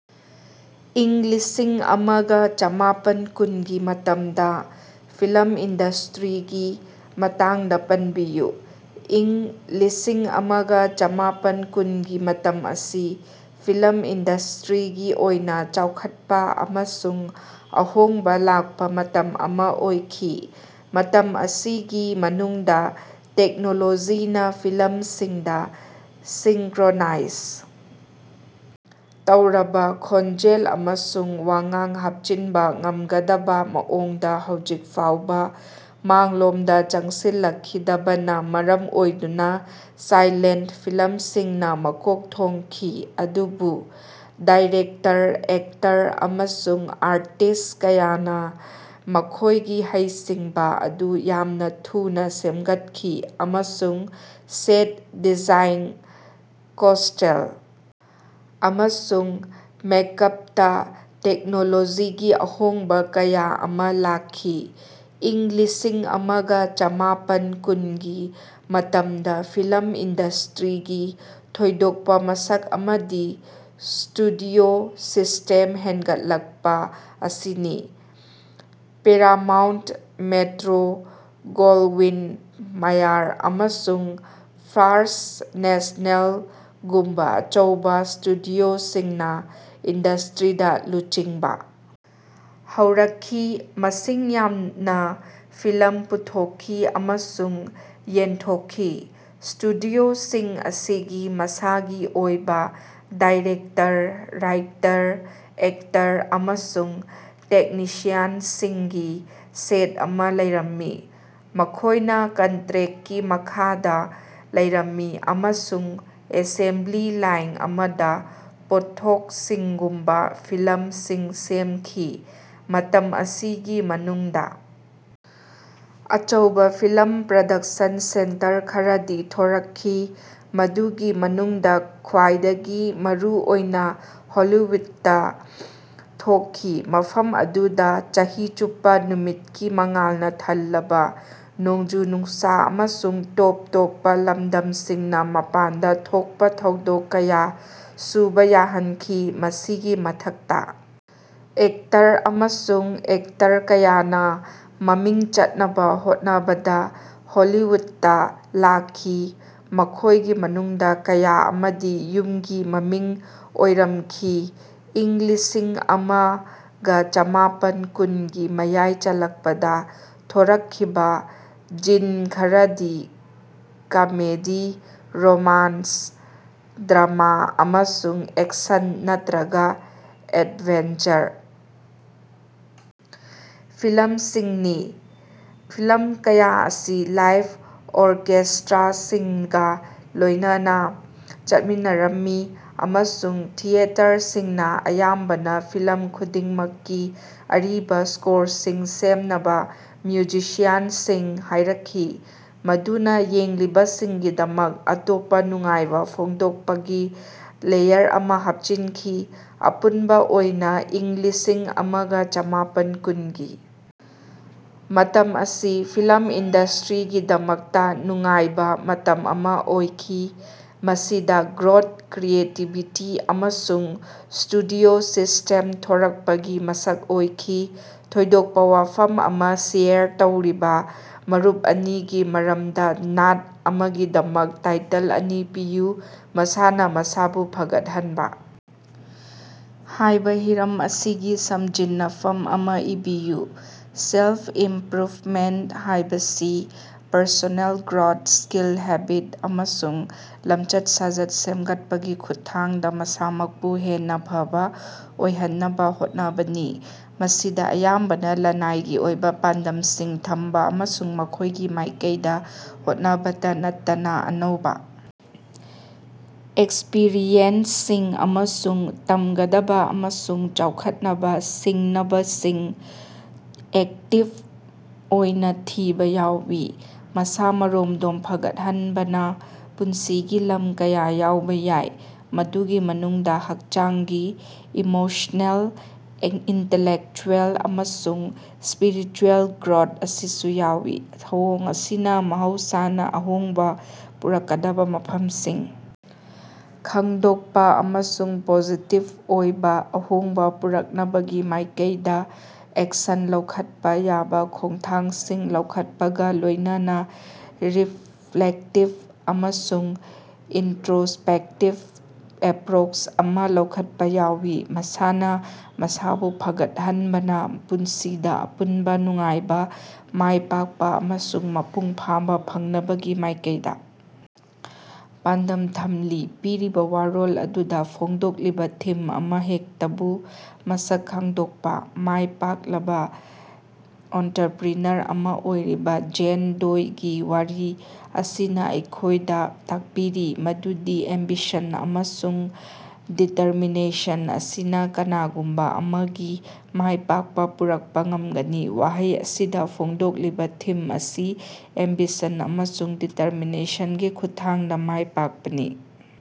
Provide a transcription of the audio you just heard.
ꯏꯪ ꯂꯤꯁꯤꯡ ꯑꯃꯒ ꯆꯃꯥꯄꯟ ꯀꯨꯟꯒꯤ ꯃꯇꯝꯗ ꯐꯤꯂꯝ ꯏꯟꯗꯁ꯭ꯇꯔꯤꯒꯤ ꯃꯇꯥꯡꯗ ꯄꯟꯕꯤꯌꯨ꯫ ꯏꯪ ꯂꯤꯁꯤꯡ ꯑꯃꯒ ꯆꯃꯥꯄꯟ ꯀꯨꯟꯒꯤ ꯃꯇꯝ ꯑꯁꯤ ꯐꯤꯂꯝ ꯏꯟꯗꯁ꯭ꯇꯔꯤꯒꯤ ꯑꯣꯏꯅ ꯆꯥꯎꯈꯠꯄ ꯑꯃꯁꯨꯡ ꯑꯍꯣꯡꯕ ꯂꯥꯛꯄꯥ ꯃꯇꯝ ꯑꯃꯥ ꯑꯣꯏꯈꯤ꯫ ꯃꯇꯝ ꯑꯁꯤꯒꯤ ꯃꯅꯨꯡꯗꯥ ꯇꯦꯛꯅꯣꯂꯣꯖꯤꯅꯥ ꯐꯤꯂꯝꯁꯤꯡꯗ ꯁꯤꯡꯀꯔꯣꯅꯥꯏꯖ ꯇꯧꯔꯕꯥ ꯈꯣꯟꯖꯦꯜ ꯑꯃꯁꯨꯡ ꯋꯥꯉꯥꯡ ꯍꯥꯞꯆꯤꯟꯕꯥ ꯉꯝꯒꯗꯕꯥ ꯃꯑꯣꯡꯗꯥ ꯍꯧꯖꯤꯛ ꯐꯥꯎꯕ ꯃꯥꯡꯂꯣꯝꯗ ꯆꯪꯁꯤꯜꯂꯛꯈꯤꯗꯕꯅꯥ ꯃꯔꯝ ꯑꯣꯏꯗꯨꯅ ꯁꯥꯏꯂꯦꯟꯇ ꯐꯤꯂꯝꯁꯤꯡꯅꯥ ꯃꯀꯣꯛ ꯊꯣꯡꯈꯤ꯫ ꯑꯗꯨꯕꯨ ꯗꯥꯏꯔꯦꯛꯇꯔ, ꯑꯦꯛꯇꯔ ꯑꯃꯁꯨꯡ ꯑꯥꯔꯇꯤꯁ꯭ꯠ ꯀꯌꯥꯅꯥ ꯃꯈꯣꯏꯒꯤ ꯍꯩꯁꯤꯡꯕꯥ ꯑꯗꯨ ꯌꯥꯝꯅꯥ ꯊꯨꯅꯥ ꯁꯦꯝꯒꯠꯈꯤ, ꯑꯃꯁꯨꯡ ꯁꯦꯠ ꯗꯤꯖꯥꯏꯟ, ꯀꯣꯁ꯭ꯇꯦꯜ ꯑꯃꯁꯨꯡ ꯃꯦꯛꯑꯥꯞꯇꯥ ꯇꯦꯛꯅꯣꯂꯣꯖꯤꯒꯤ ꯑꯍꯣꯡꯕꯥ ꯀꯌꯥ ꯑꯃꯥ ꯂꯥꯛꯈꯤ꯫ ꯏꯪ ꯂꯤꯁꯤꯡ ꯑꯃꯒ ꯆꯃꯥꯄꯟ ꯀꯨꯟꯒꯤ ꯃꯇꯝꯗ ꯐꯤꯂꯝ ꯏꯟꯗꯁ꯭ꯇꯔꯤꯒꯤ ꯊꯣꯏꯗꯣꯛꯄꯥ ꯃꯁꯛ ꯑꯃꯗꯤ ꯁ꯭ꯇꯨꯗꯤꯑꯣ ꯁꯤꯁ꯭ꯇꯦꯝ ꯍꯦꯟꯒꯠꯂꯛꯄꯥ ꯑꯁꯤꯅꯤ꯫ ꯄꯦꯔꯥꯃꯥꯎꯟꯠ, ꯃ‌ꯦꯇꯔ‌ꯣ ꯒ‌ꯣꯜꯋꯤꯟ ꯃꯌꯔ ꯑꯃꯁꯨꯡ ꯐꯥꯔꯁ꯭ꯠ ꯅꯦꯁ꯭ꯅꯦꯜꯒꯨꯝꯕ ꯑꯆꯧꯕ ꯁ꯭ꯇꯨꯗꯤꯑꯣꯁꯤꯡꯅ ꯏꯟꯗꯁ꯭ꯇꯔꯤꯗꯥ ꯂꯨꯆꯤꯡꯕꯥ ꯍꯧꯔꯛꯈꯤ, ꯃꯁꯤꯡ ꯌꯥꯝꯅ ꯐꯤꯂꯝ ꯄꯨꯊꯣꯛꯈꯤ ꯑꯃꯁꯨꯡ ꯌꯦꯟꯊꯣꯛꯈꯤ꯫ ꯁ꯭ꯇꯨꯗꯤꯑꯣꯁꯤꯡ ꯑꯁꯤꯒꯤ ꯃꯁꯥꯒꯤ ꯑꯣꯏꯕꯥ ꯗꯥꯏꯔꯦꯛꯇꯔ, ꯔꯥꯏꯇꯔ, ꯑꯦꯛꯇꯔ ꯑꯃꯁꯨꯡ ꯇꯦꯛꯅꯤꯁꯤꯌꯟꯁꯤꯡꯒꯤ ꯁꯦꯠ ꯑꯃꯥ ꯂꯩꯔꯝꯃꯤ ꯃꯈꯣꯏꯅꯥ ꯀꯟꯇꯔꯦꯛꯀꯤ ꯃꯈꯥꯗꯥ ꯂꯩꯔꯝꯃꯤ ꯑꯃꯁꯨꯡ ꯑꯦꯁꯦꯝꯕꯂꯤ ꯂꯥꯏꯟ ꯑꯃꯗꯥ ꯄꯣꯠꯊꯣꯛꯁꯤꯡꯒꯨꯝꯕ ꯐꯤꯂꯝꯁꯤꯡ ꯁꯦꯝꯈꯤ꯫ ꯃꯇꯝ ꯑꯁꯤꯒꯤ ꯃꯅꯨꯡꯗꯥ ꯑꯆꯧꯕꯥ ꯐꯤꯂꯝ ꯄ꯭ꯔꯣꯗꯛꯁꯟ ꯁꯦꯟꯇꯔ ꯈꯔꯗꯤ ꯊꯣꯔꯛꯈꯤ, ꯃꯗꯨꯒꯤ ꯃꯅꯨꯡꯗ ꯈ꯭ꯋꯥꯏꯗꯒꯤ ꯃꯔꯨ ꯑꯣꯏꯅꯥ ꯍꯣꯂꯤꯋꯨꯗꯇꯥ ꯊꯣꯛꯈꯤ, ꯃꯐꯝ ꯑꯗꯨꯗꯥ ꯆꯍꯤ ꯆꯨꯞꯄꯥ ꯅꯨꯃꯤꯠꯀꯤ ꯃꯉꯥꯜꯅꯥ ꯊꯜꯂꯕꯥ ꯅꯣꯡꯖꯨ-ꯅꯨꯡꯁꯥ ꯑꯃꯁꯨꯡ ꯇꯣꯞ ꯇꯣꯞꯄꯥ ꯂꯝꯗꯝꯁꯤꯡꯅꯥ ꯃꯄꯥꯟꯗꯥ ꯊꯣꯛꯄꯥ ꯊꯧꯗꯣꯛ ꯀꯌꯥ ꯁꯨꯕꯥ ꯌꯥꯍꯟꯈꯤ꯫ ꯃꯁꯤꯒꯤ ꯃꯊꯛꯇꯥ, ꯑꯦꯛꯇꯔ ꯑꯃꯁꯨꯡ ꯑꯦꯛꯇꯔ ꯀꯌꯥꯅꯥ ꯃꯃꯤꯡ ꯆꯠꯅꯕ ꯍꯣꯠꯅꯕꯗ ꯍꯣꯂꯤꯋꯨꯗꯇꯥ ꯂꯥꯛꯈꯤ, ꯃꯈꯣꯏꯒꯤ ꯃꯅꯨꯡꯗ ꯀꯌꯥ ꯑꯃꯗꯤ ꯌꯨꯝꯒꯤ ꯃꯃꯤꯡ ꯑꯣꯏꯔꯛꯈꯤ꯫ ꯏꯪ ꯂꯤꯁꯤꯡ ꯑꯃꯒ ꯆꯃꯥꯄꯟ ꯀꯨꯟꯒꯤ ꯃꯌꯥꯏ ꯆꯜꯂꯛꯄꯗꯥ ꯊꯣꯔꯛꯈꯤꯕꯥ ꯖꯤꯟ ꯈꯔꯗꯤ ꯀꯃꯦꯗꯤ, ꯔꯣꯃꯥꯟꯁ, ꯗ꯭ꯔꯃꯥ, ꯑꯃꯁꯨꯡ ꯑꯦꯛꯁꯟ ꯅꯠꯇꯔꯒ ꯑꯦꯗꯚꯦꯟꯆꯔ ꯐꯤꯂꯝꯁꯤꯡꯅꯤ꯫ ꯐꯤꯂꯝ ꯀꯌꯥ ꯑꯁꯤ ꯂꯥꯏꯐ ꯑꯣꯔꯀꯦꯁ꯭ꯇꯔꯥꯁꯤꯡꯒꯥ ꯂꯣꯏꯅꯅꯥ ꯆꯠꯃꯤꯟꯅꯔꯝꯃꯤ, ꯑꯃꯁꯨꯡ ꯊꯤꯌꯦꯇꯔꯁꯤꯡꯅꯥ ꯑꯌꯥꯝꯕꯅ ꯐꯤꯂꯝ ꯈꯨꯗꯤꯡꯃꯛꯀꯤ ꯑꯔꯤꯕꯥ ꯁ꯭ꯀꯣꯔꯁꯤꯡ ꯁꯦꯝꯅꯕ ꯃ꯭ꯌꯨꯖꯤꯁꯤꯌꯥꯟꯁꯤꯡ ꯍꯥꯏꯔꯛꯈꯤ, ꯃꯗꯨꯅꯥ ꯌꯦꯡꯂꯤꯕꯁꯤꯡꯒꯤꯗꯃꯛꯇ ꯑꯇꯣꯞꯄ ꯅꯨꯡꯉꯥꯏꯕ ꯐꯣꯡꯗꯣꯛꯄꯒꯤ ꯂꯦꯌꯔ ꯑꯃꯥ ꯍꯥꯞꯆꯤꯟꯈꯤ꯫ ꯑꯄꯨꯟꯕ ꯑꯣꯏꯅꯥ, ꯏꯪ ꯂꯤꯁꯤꯡ ꯑꯃꯒ ꯆꯃꯥꯄꯟ ꯀꯨꯟꯒꯤ ꯃꯇꯝ ꯑꯁꯤ ꯐꯤꯂꯝ ꯏꯟꯗꯁ꯭ꯇꯔꯤꯒꯤꯗꯃꯛꯇ ꯅꯨꯡꯉꯥꯏꯕꯥ ꯃꯇꯝ ꯑꯃꯥ ꯑꯣꯏꯈꯤ, ꯃꯁꯤꯗꯥ ꯒ꯭ꯔꯣꯊ, ꯀ꯭ꯔꯤꯌꯦꯇꯤꯕꯤꯇꯤ ꯑꯃꯁꯨꯡ ꯁ꯭ꯇꯨꯗꯤꯑꯣ ꯁꯤꯁ꯭ꯇꯦꯝ ꯊꯣꯔꯛꯄꯒꯤ ꯃꯁꯛ ꯑꯣꯏꯈꯤ꯫ ꯊꯣꯏꯗꯣꯛꯄꯥ ꯋꯥꯐꯝ ꯑꯃꯥ ꯁꯦꯌꯔ ꯇꯧꯔꯤꯕꯥ ꯃꯔꯨꯞ ꯑꯅꯤꯒꯤ ꯃꯔꯃꯗꯥ ꯅꯥꯠ ꯑꯃꯒꯤꯗꯃꯛ ꯇꯥꯏꯇꯜ ꯑꯅꯤ ꯄꯤꯌꯨ꯫ ꯃꯁꯥꯅꯥ ꯃꯁꯥꯕꯨ ꯐꯒꯠꯍꯟꯕ ꯍꯥꯏꯕ ꯍꯤꯔꯝ ꯑꯁꯤꯒꯤ ꯁꯝꯖꯤꯟꯅꯐꯝ ꯑꯃꯥ ꯏꯕꯤꯌꯨ꯫ ꯁꯦꯜꯐ-ꯏꯝꯄ꯭ꯔꯨꯚꯃꯦꯟꯠ ꯍꯥꯏꯕꯁꯤ ꯄꯔꯁꯣꯅꯦꯜ ꯒ꯭ꯔꯣꯊ, ꯁ꯭ꯀꯤꯜ, ꯍꯦꯕꯤꯠ ꯑꯃꯁꯨꯡ ꯂꯝꯆꯠ-ꯁꯥꯖꯠ ꯁꯦꯝꯒꯠꯄꯒꯤ ꯈꯨꯠꯊꯥꯡꯗ ꯃꯁꯥꯃꯛꯄꯨ ꯍꯦꯟꯅ ꯐꯕ ꯑꯣꯏꯍꯟꯅꯕ ꯍꯣꯠꯅꯕꯅꯤ꯫ ꯃꯁꯤꯗꯥ ꯑꯌꯥꯝꯕꯅ ꯂꯅꯥꯏꯒꯤ ꯑꯣꯏꯕ ꯄꯥꯟꯗꯝꯁꯤꯡ ꯊꯝꯕꯥ ꯑꯃꯁꯨꯡ ꯃꯈꯣꯏꯒꯤ ꯃꯥꯏꯀꯩꯗ ꯍꯣꯠꯅꯕꯇ ꯅꯠꯇꯅ ꯑꯅꯧꯕꯥ ꯑꯦꯛꯁꯄꯔꯤꯌꯦꯟꯁꯁꯤꯡ ꯑꯃꯁꯨꯡ ꯇꯝꯒꯗꯕ ꯑꯃꯁꯨꯡ ꯆꯥꯎꯈꯠꯅꯕ ꯁꯤꯡꯅꯕꯁꯤꯡ ꯑꯦꯛꯇꯤꯕ ꯑꯣꯏꯅ ꯊꯤꯕ ꯌꯥꯎꯏ꯫ ꯃꯁꯥ-ꯃꯔꯣꯝꯗꯣꯝ ꯐꯒꯠꯍꯟꯕꯅ ꯄꯨꯟꯁꯤꯒꯤ ꯂꯝ ꯀꯌꯥ ꯌꯥꯎꯕꯥ ꯌꯥꯏ, ꯃꯗꯨꯒꯤ ꯃꯅꯨꯡꯗ ꯍꯛꯆꯥꯡꯒꯤ, ꯏꯃꯣꯁꯅꯦꯜ, ꯏꯟꯇꯦꯂꯦꯛꯆꯨꯑꯦꯜ ꯑꯃꯁꯨꯡ ꯁ꯭ꯄꯤꯔꯤꯆꯨꯑꯦꯜ ꯒ꯭ꯔꯣꯊ ꯑꯁꯤꯁꯨ ꯌꯥꯎꯏ꯫ ꯊꯧꯑꯣꯡ ꯑꯁꯤꯅꯥ ꯃꯍꯧꯁꯥꯅꯥ ꯑꯍꯣꯡꯕꯥ ꯄꯨꯔꯛꯀꯗꯕꯥ ꯃꯐꯝꯁꯤꯡ ꯈꯪꯗꯣꯛꯄꯥ ꯑꯃꯁꯨꯡ ꯄꯣꯖꯤꯇꯤꯕ ꯑꯣꯏꯕ ꯑꯍꯣꯡꯕ ꯄꯨꯔꯛꯅꯕꯒꯤ ꯃꯥꯏꯀꯩꯗꯥ ꯑꯦꯛꯁꯟ ꯂꯧꯈꯠꯄ ꯌꯥꯕ ꯈꯣꯡꯊꯥꯡꯁꯤꯡ ꯂꯧꯈꯠꯄꯒ ꯂꯣꯏꯅꯅꯥ ꯔꯤꯐ꯭ꯂꯦꯛꯇꯤꯕ ꯑꯃꯁꯨꯡ ꯏꯟꯇꯔꯣꯁ꯭ꯄꯦꯛꯇꯤꯕ ꯑꯦꯄꯔꯣꯆ ꯑꯃꯥ ꯂꯧꯈꯠꯄ ꯌꯥꯎꯏ꯫ ꯃꯁꯥꯅꯥ ꯃꯁꯥꯕꯨ ꯐꯒꯠꯍꯟꯕꯅꯥ ꯄꯨꯟꯁꯤꯗꯥ ꯑꯄꯨꯟꯕ ꯅꯨꯡꯉꯥꯏꯕꯥ, ꯃꯥꯏ ꯄꯥꯛꯄꯥ ꯑꯃꯁꯨꯡ ꯃꯄꯨꯡ ꯐꯥꯕꯥ ꯐꯪꯅꯕꯒꯤ ꯃꯥꯏꯀꯩꯗꯥ ꯄꯥꯟꯗꯝ ꯊꯝꯂꯤ꯫ ꯄꯤꯔꯤꯕꯥ ꯋꯥꯔꯣꯜ ꯑꯗꯨꯗ ꯐꯣꯡꯗꯣꯛꯂꯤꯕꯥ ꯊꯤꯝ ꯑꯃꯍꯦꯛꯇꯕꯨ ꯃꯁꯛ ꯈꯪꯗꯣꯛꯄꯥ꯫ ꯃꯥꯏ ꯄꯥꯛꯂꯕꯥ ꯑꯣꯟꯇꯔꯄꯔꯤꯅꯔ ꯑꯃꯥ ꯑꯣꯏꯔꯤꯕꯥ ꯖꯦꯟ ꯗꯣꯏꯒꯤ ꯋꯥꯔꯤ ꯑꯁꯤꯅ ꯑꯩꯈꯣꯏꯗ ꯇꯥꯛꯄꯤꯔꯤ ꯃꯗꯨꯗꯤ ꯑꯦꯝꯕꯤꯁꯟ ꯑꯃꯁꯨꯡ ꯗꯤꯇꯔꯃꯤꯅꯦꯁꯟ ꯑꯁꯤꯅ ꯀꯅꯥꯒꯨꯝꯕ ꯑꯃꯒꯤ ꯃꯥꯏꯄꯥꯛꯄ ꯄꯨꯔꯛꯄ ꯉꯝꯒꯅꯤ꯫ ꯋꯥꯍꯩ ꯑꯁꯤꯗ ꯐꯣꯡꯗꯣꯛꯂꯤꯕꯥ ꯊꯤꯝ ꯑꯁꯤ ꯑꯦꯝꯕꯤꯁꯟ ꯑꯃꯁꯨꯡ ꯗꯤꯇꯔꯃꯤꯅꯦꯁꯟꯒꯤ ꯈꯨꯠꯊꯥꯡꯗ ꯃꯥꯏ ꯄꯥꯛꯄꯅꯤ꯫